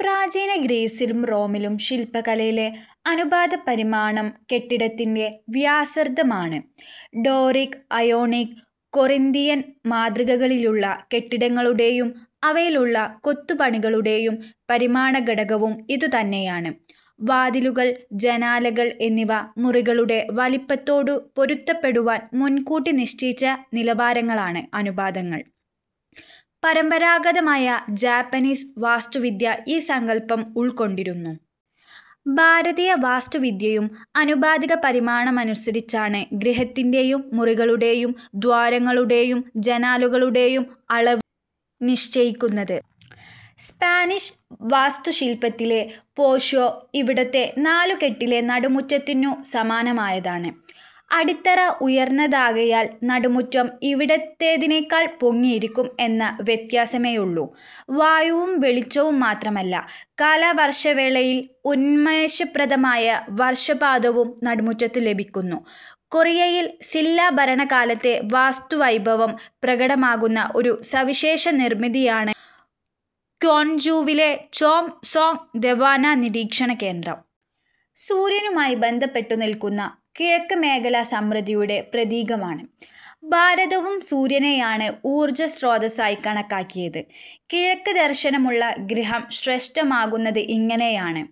പ്രാചീന ഗ്രീസിലും റോമിലും ശില്പകലയിലെ അനുപാത പരിമാണം കെട്ടിടത്തിന്റെ വ്യാസാർധമാണ്. ഡോറിക്, അയോണിക്, കൊറിന്തിയൻ മാതൃകകളിലുള്ള കെട്ടിടങ്ങളുടേയും അവയിൽ ഉള്ള കൊത്തുപണികളുടേയും പരിമാണ ഘടകവും ഇതുതന്നെയാണ്. വാതിലുകൾ, ജനാലകൾ എന്നിവ മുറികളുടെ വലിപ്പത്തോടു പൊരുത്തപ്പെടുവാൻ മുൻകൂട്ടി നിശ്ചയിച്ച നിലവാരങ്ങളാണ് അനുപാതങ്ങൾ. പരമ്പരാഗതമായ ജാപ്പനീസ് വാസ്തുവിദ്യ ഈ സങ്കല്പം ഉൾക്കൊണ്ടിരുന്നു. ഭാരതീയ വാസ്തുവിദ്യയും ആനുപാതിക പരിമാണമനുസരിച്ചാണ് ഗൃഹത്തിന്റേയും മുറികളുടേയും ദ്വാരങ്ങളുടേയും ജനാലകളുടേയും അളവ് നിശ്ചയിക്കുന്നത്. സ്പാനിഷ് വാസ്തുശില്പത്തിലെ പോഷ്വോ ഇവിടത്തെ നാലുകെട്ടിലെ നടുമുറ്റത്തിനു സമാനമായതാണ്. അടിത്തറ ഉയർന്നതാകയാൽ നടുമുറ്റം ഇവിടത്തേതിനേക്കാൾ പൊങ്ങിയിരിക്കും എന്ന വ്യത്യാസമേയുള്ളു. വായുവും വെളിച്ചവും മാത്രമല്ല, കാലവർഷവേളയിലെ ഉന്മേഷപ്രദമായ വർഷപാതവും നടുമുറ്റത്ത് ലഭിക്കുന്നു. കൊറിയയിൽ സില്ലാ ഭരണകാലത്തെ വാസ്തുവൈഭവം പ്രകടമാക്കുന്ന ഒരു സവിശേഷ നിർമിതിയാണ് ക്യോൻജൂവിലെ ചോം സൊങ് ദേവാന നിരീക്ഷണകേന്ദ്രം. സൂര്യനുമായി ബന്ധപ്പെട്ടു നില്ക്കുന്ന കിഴക്ക് മേഖല സമൃദ്ധിയുടെ പ്രതീകമാണ്. ഭാരതവും സൂര്യനെയാണ് ഊർജ സ്രോതസ്സായി കണക്കാക്കിയത്. കിഴക്ക് ദർശനമുള്ള ഗൃഹം ശ്രേഷ്ഠമാകുന്നത് ഇങ്ങനെയാണ്.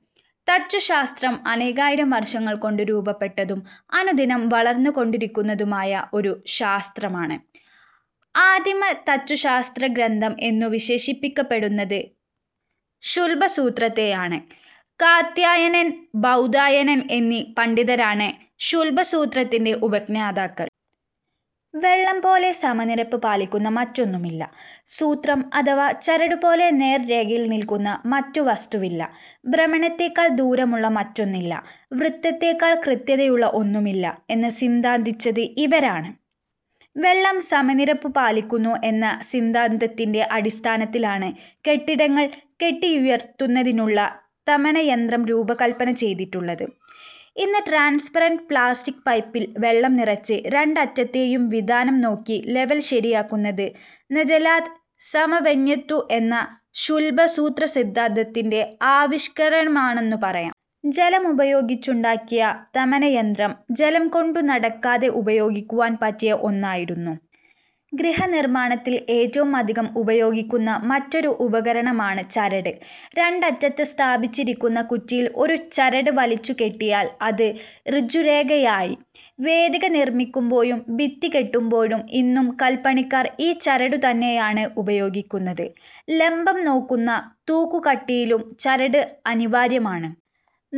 തച്ചുശാസ്ത്രം അനേകായിരം വർഷങ്ങൾകൊണ്ട് രൂപപ്പെട്ടതും അനുദിനം വളർന്നുകൊണ്ടിരിക്കുന്നതുമായ ഒരു ശാസ്ത്രമാണ്. ആദിമ തച്ചുശാസ്ത്രഗ്രന്ഥം എന്നു വിശേഷിപ്പിക്കപ്പെടുന്നത് ശുല്ബസൂത്രത്തെയാണ്. കാത്യായനൻ, ബൌധായനൻ എന്നീ പണ്ഡിതരാണ് ശുല്ബസൂത്രത്തിന്റെ ഉപജ്ഞാതാക്കൾ. വെള്ളംപോലെ സമനിരപ്പ് പാലിക്കുന്ന മറ്റൊന്നുമില്ല; സൂത്രം അഥവാ ചരടുപോലെ നേർരേഖയിൽ നില്ക്കുന്ന മറ്റു വസ്തുവില്ല; ഭ്രമണത്തേക്കാൾ ദൂരമുള്ള മറ്റൊന്നില്ല; വൃത്തത്തേക്കാൾ കൃത്യതയുള്ള ഒന്നുമില്ല എന്ന് സിദ്ധാന്തിച്ചത് ഇവരാണ്. വെള്ളം സമനിരപ്പു പാലിക്കുന്നു എന്ന സിദ്ധാന്തത്തിന്റെ അടിസ്ഥാനത്തിലാണ് കെട്ടിടങ്ങൾ കെട്ടിയുയർത്തുന്നതിനുള്ള തമന യന്ത്രം രൂപകല്പന ചെയ്തിട്ടുള്ളത്. ഇന്ന് ട്രാൻസ്പരന്റ് പ്ലാസ്റ്റിക് പൈപ്പിൽ വെള്ളം നിറച്ച് രണ്ടറ്റത്തേയും വിതാനം നോക്കി ലവൽ ശരിയാക്കുന്നത് 'നജലാത് സമവന്യത്തു' എന്ന ശുല്ബസൂത്ര സിദ്ധാന്തത്തിന്റെ ആവിഷ്കാരമാണെന്നു പറയാം. ജലമുപയോഗിച്ചുണ്ടാക്കിയ തമനയന്ത്രം, ജലം കൊണ്ടുനടക്കാതെ ഉപയോഗിക്കുവാൻ പറ്റിയ ഒന്നായിരുന്നു. ഗൃഹനിർമ്മാണത്തിൽ ഏറ്റവും അധികം ഉപയോഗിക്കുന്ന മറ്റൊരു ഉപകരണമാണ് ചരട്. രണ്ടറ്റത്ത് സ്ഥാപിച്ചിരിക്കുന്ന കുറ്റിയിൽ ഒരു ചരട് വലിച്ചു കെട്ടിയാൽ അത് ഋജുരേഖയായി. വേദിക നിർമ്മിക്കുമ്പോഴും ഭിത്തി കെട്ടുമ്പോഴും ഇന്നും കൽപ്പണിക്കാർ ഈ ചരടുതന്നെയാണ് ഉപയോഗിക്കുന്നത്. ലംബം നോക്കുന്ന തൂക്കുകട്ടയിലും ചരട് അനിവാര്യമാണ്.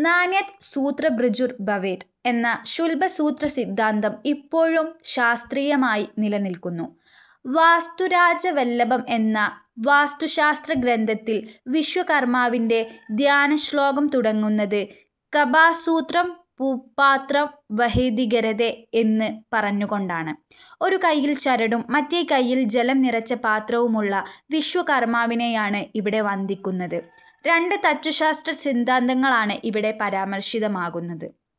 'നാന്യത് സൂത്രാഭൃജുർ ഭവേത്' എന്ന ശുല്ബസൂത്ര സിദ്ധാന്തം ഇപ്പോഴും ശാസ്ത്രീയമായി നിലനില്ക്കുന്നു. വാസ്തുരാജവല്ലഭം എന്ന വാസ്തുശാസ്ത്രഗ്രന്ഥത്തിൽ വിശ്വകർമാവിന്റെ ധ്യാനശ്ളോകം തുടങ്ങുന്നത് 'കബാസൂത്രംപുപാത്രം വഹതികരതേ' എന്നു പറഞ്ഞുകൊണ്ടാണ്. ഒരു കയ്യിൽ ചരടും മറ്റേ കയ്യിൽ ജലം നിറച്ച പാത്രവുമുള്ള വിശ്വകർമാവിനെയാണ് ഇവിടെ വന്ദിക്കുന്നത്. രണ്ട് തച്ചുശാസ്ത്ര സിദ്ധാന്തങ്ങളാണ് ഇവിടെ പരാമർശിതമാകുന്നത്.